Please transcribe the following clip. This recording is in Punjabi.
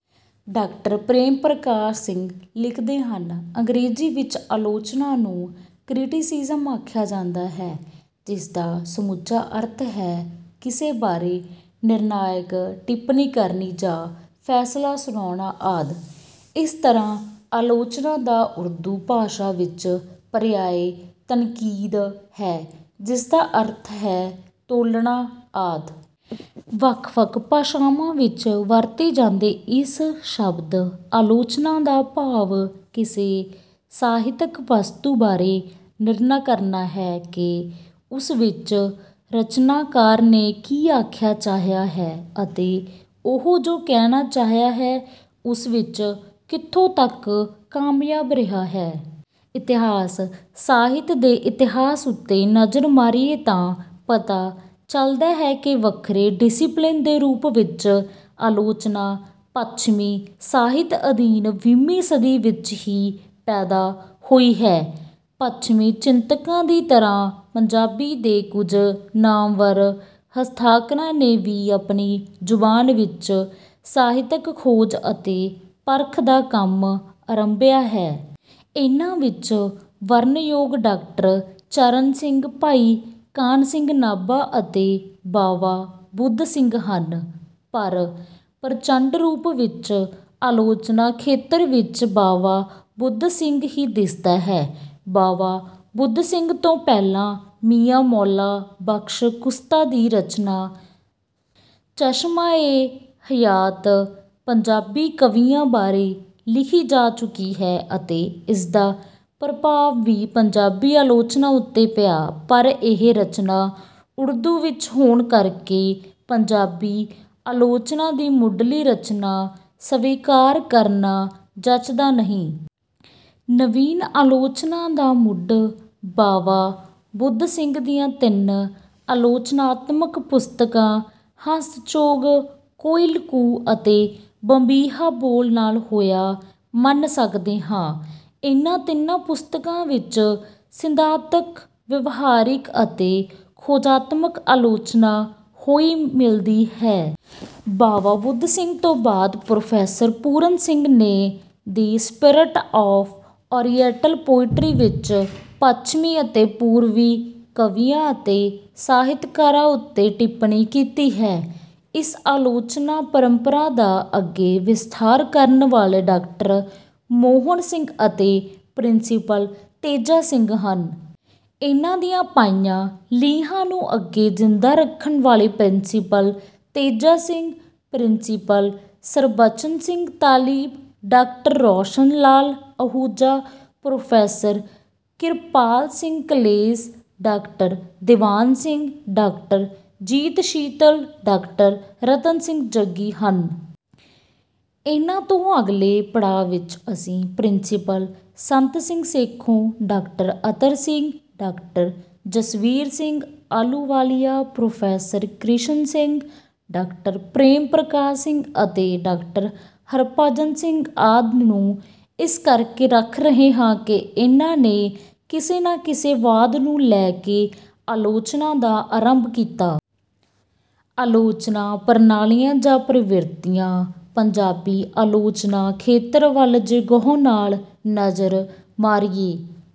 ਡਾਕਟਰ ਪ੍ਰੇਮ ਪ੍ਰਕਾਸ਼ ਸਿੰਘ ਲਿਖਦੇ ਹਨ: ਅੰਗਰੇਜ਼ੀ ਵਿੱਚ ਆਲੋਚਨਾ ਨੂੰ "ਕ੍ਰਿਟਿਸਿਜ਼ਮ" ਆਖਿਆ ਜਾਂਦਾ ਹੈ, ਜਿਸਦਾ ਸਮੁੱਚਾ ਅਰਥ ਹੈ - ਕਿਸੇ ਬਾਰੇ ਨਿਰਣਾਇਕ ਟਿੱਪਣੀ ਕਰਨੀ ਜਾਂ ਫੈਸਲਾ ਸੁਣਾਉਣਾ ਆਦਿ। ਇਸ ਤਰ੍ਹਾਂ ਆਲੋਚਨਾ ਦਾ ਉਰਦੂ ਭਾਸ਼ਾ ਵਿੱਚ ਪਰਿਆਇ "ਤਨਕੀਦ" ਹੈ, ਜਿਸਦਾ ਅਰਥ ਹੈ: ਤੋਲਣਾ ਆਦਿ। ਵੱਖ-ਵੱਖ ਭਾਸ਼ਾਵਾਂ ਵਿੱਚ ਵਰਤੇ ਜਾਂਦੇ ਇਸ ਸ਼ਬਦ "ਆਲੋਚਨਾ" ਦਾ ਭਾਵ ਕਿਸੇ ਸਾਹਿਤਕ ਵਸਤੂ ਬਾਰੇ ਨਿਰਣਾ ਕਰਨਾ ਹੈ ਕਿ ਉਸ ਵਿੱਚ ਰਚਨਾਕਾਰ ਨੇ ਕੀ ਆਖਣਾ ਚਾਹਿਆ ਹੈ ਅਤੇ ਉਹ ਜੋ ਕਹਿਣਾ ਚਾਹਿਆ ਹੈ, ਉਸ ਵਿੱਚ ਕਿੱਥੋਂ ਤੱਕ ਕਾਮਯਾਬ ਰਿਹਾ ਹੈ। ਇਤਿਹਾਸ: ਸਾਹਿਤ ਦੇ ਇਤਿਹਾਸ ਉੱਤੇ ਨਜ਼ਰ ਮਾਰੀਏ ਤਾਂ ਪਤਾ ਚੱਲਦਾ ਹੈ ਕਿ ਵੱਖਰੇ ਡਿਸਿਪਲਿਨ ਦੇ ਰੂਪ ਵਿੱਚ ਆਲੋਚਨਾ ਪੱਛਮੀ ਸਾਹਿਤ ਅਧੀਨ ਵੀਹਵੀਂ ਸਦੀ ਵਿੱਚ ਹੀ ਪੈਦਾ ਹੋਈ ਹੈ। ਪੱਛਮੀ ਚਿੰਤਕਾਂ ਦੀ ਤਰ੍ਹਾਂ ਪੰਜਾਬੀ ਦੇ ਕੁਝ ਨਾਮਵਰ ਹਸਤਾਖਰਾਂ ਨੇ ਵੀ ਆਪਣੀ ਜ਼ੁਬਾਨ ਵਿੱਚ ਸਾਹਿਤਕ ਖੋਜ ਅਤੇ ਪਰਖ ਦਾ ਕੰਮ ਆਰੰਭਿਆ ਹੈ। ਇਹਨਾਂ ਵਿੱਚ ਵਰਣਨਯੋਗ ਡਾਕਟਰ ਚਰਨ ਸਿੰਘ, ਭਾਈ ਕਾਨ੍ਹ ਸਿੰਘ ਨਾਭਾ ਅਤੇ ਬਾਵਾ ਬੁੱਧ ਸਿੰਘ ਹਨ। ਪਰ ਪ੍ਰਚੰਡ ਰੂਪ ਵਿੱਚ ਆਲੋਚਨਾ ਖੇਤਰ ਵਿੱਚ ਬਾਵਾ ਬੁੱਧ ਸਿੰਘ ਹੀ ਦਿਸਦਾ ਹੈ। ਬਾਵਾ ਬੁੱਧ ਸਿੰਘ ਤੋਂ ਪਹਿਲਾਂ ਮੀਆਂ ਮੌਲਾ ਬਖ਼ਸ਼ ਕੁਸ਼ਤਾ ਦੀ ਰਚਨਾ "ਚਸ਼ਮਾ-ਏ-ਹਯਾਤ" ਪੰਜਾਬੀ ਕਵੀਆਂ ਬਾਰੇ ਲਿਖੀ ਜਾ ਚੁੱਕੀ ਸੀ ਅਤੇ ਇਸਦਾ ਪ੍ਰਭਾਵ ਵੀ ਪੰਜਾਬੀ ਆਲੋਚਨਾ ਉੱਤੇ ਪਿਆ, ਪਰ ਇਹ ਰਚਨਾ ਉਰਦੂ ਵਿੱਚ ਹੋਣ ਕਰਕੇ ਪੰਜਾਬੀ ਆਲੋਚਨਾ ਦੀ ਮੁੱਢਲੀ ਰਚਨਾ ਸਵੀਕਾਰ ਕਰਨਾ ਜੱਚਦਾ ਨਹੀਂ। ਨਵੀਨ ਆਲੋਚਨਾ ਦਾ ਮੁੱਢ ਬਾਵਾ ਬੁੱਧ ਸਿੰਘ ਦੀਆਂ ਤਿੰਨ ਆਲੋਚਨਾਤਮਕ ਪੁਸਤਕਾਂ "ਹੰਸ-ਚੋਗ", "ਕੋਇਲ ਕੂ" ਅਤੇ "ਬੰਬੀਹਾ ਬੋਲ" ਨਾਲ ਹੋਇਆ ਮੰਨ ਸਕਦੇ ਹਾਂ। ਇਹਨਾਂ ਤਿੰਨਾਂ ਪੁਸਤਕਾਂ ਵਿੱਚ ਸਿਧਾਂਤਕ, ਵਿਵਹਾਰਿਕ ਅਤੇ ਖੋਜਾਤਮਕ ਆਲੋਚਨਾ ਹੋਈ ਮਿਲਦੀ ਹੈ। ਬਾਵਾ ਬੁੱਧ ਸਿੰਘ ਤੋਂ ਬਾਅਦ ਪ੍ਰੋਫੈਸਰ ਪੂਰਨ ਸਿੰਘ ਨੇ "the spirit of oriental poetry" ਵਿੱਚ ਪੱਛਮੀ ਅਤੇ ਪੂਰਵੀ ਕਵੀਆਂ ਅਤੇ ਸਾਹਿਤਕਾਰਾਂ ਉੱਤੇ ਟਿੱਪਣੀ ਕੀਤੀ ਹੈ। ਇਸ ਆਲੋਚਨਾ ਪਰੰਪਰਾ ਦਾ ਅੱਗੇ ਵਿਸਥਾਰ ਕਰਨ ਵਾਲੇ ਡਾਕਟਰ ਮੋਹਨ ਸਿੰਘ ਅਤੇ ਪ੍ਰਿੰਸੀਪਲ ਤੇਜਾ ਸਿੰਘ ਹਨ। ਇਨ੍ਹਾਂ ਦੀਆਂ ਪਾਈਆਂ ਲੀਹਾਂ ਨੂੰ ਅੱਗੇ ਜਿੰਦਾ ਰੱਖਣ ਵਾਲੇ principal Teja Singh, principal Sharbachan Singh Talib, doctor Roshan Lal Ahuja, professor Kirpal Singh Kasel, doctor Diwan Singh, doctor Jeet Sheetal, doctor Ratan Singh Jaggi ਹਨ। ਇਨ੍ਹਾਂ ਤੋਂ ਅਗਲੇ ਪੜਾਅ ਵਿੱਚ ਅਸੀਂ principal Sant Singh Sekhon, doctor Attar Singh, doctor Jasvir Singh Ahluwalia, professor Krishan Singh, doctor Prem Prakash Singh ਅਤੇ ਡਾਕਟਰ ਹਰਿਭਜਨ ਸਿੰਘ ਆਦਿ ਨੂੰ ਇਸ ਕਰਕੇ ਰੱਖ ਰਹੇ ਹਾਂ ਕਿ ਇਹਨਾਂ ਨੇ ਕਿਸੇ ਨਾ ਕਿਸੇ ਵਾਦ ਨੂੰ ਲੈ ਕੇ ਆਲੋਚਨਾ ਦਾ ਆਰੰਭ ਕੀਤਾ। ਆਲੋਚਨਾ ਪ੍ਰਣਾਲੀਆਂ ਜਾਂ ਪ੍ਰਵਿਰਤੀਆਂ: ਪੰਜਾਬੀ ਆਲੋਚਨਾ ਖੇਤਰ ਵੱਲ ਜੇ ਗਹੁ ਨਾਲ ਨਜ਼ਰ ਮਾਰੀਏ,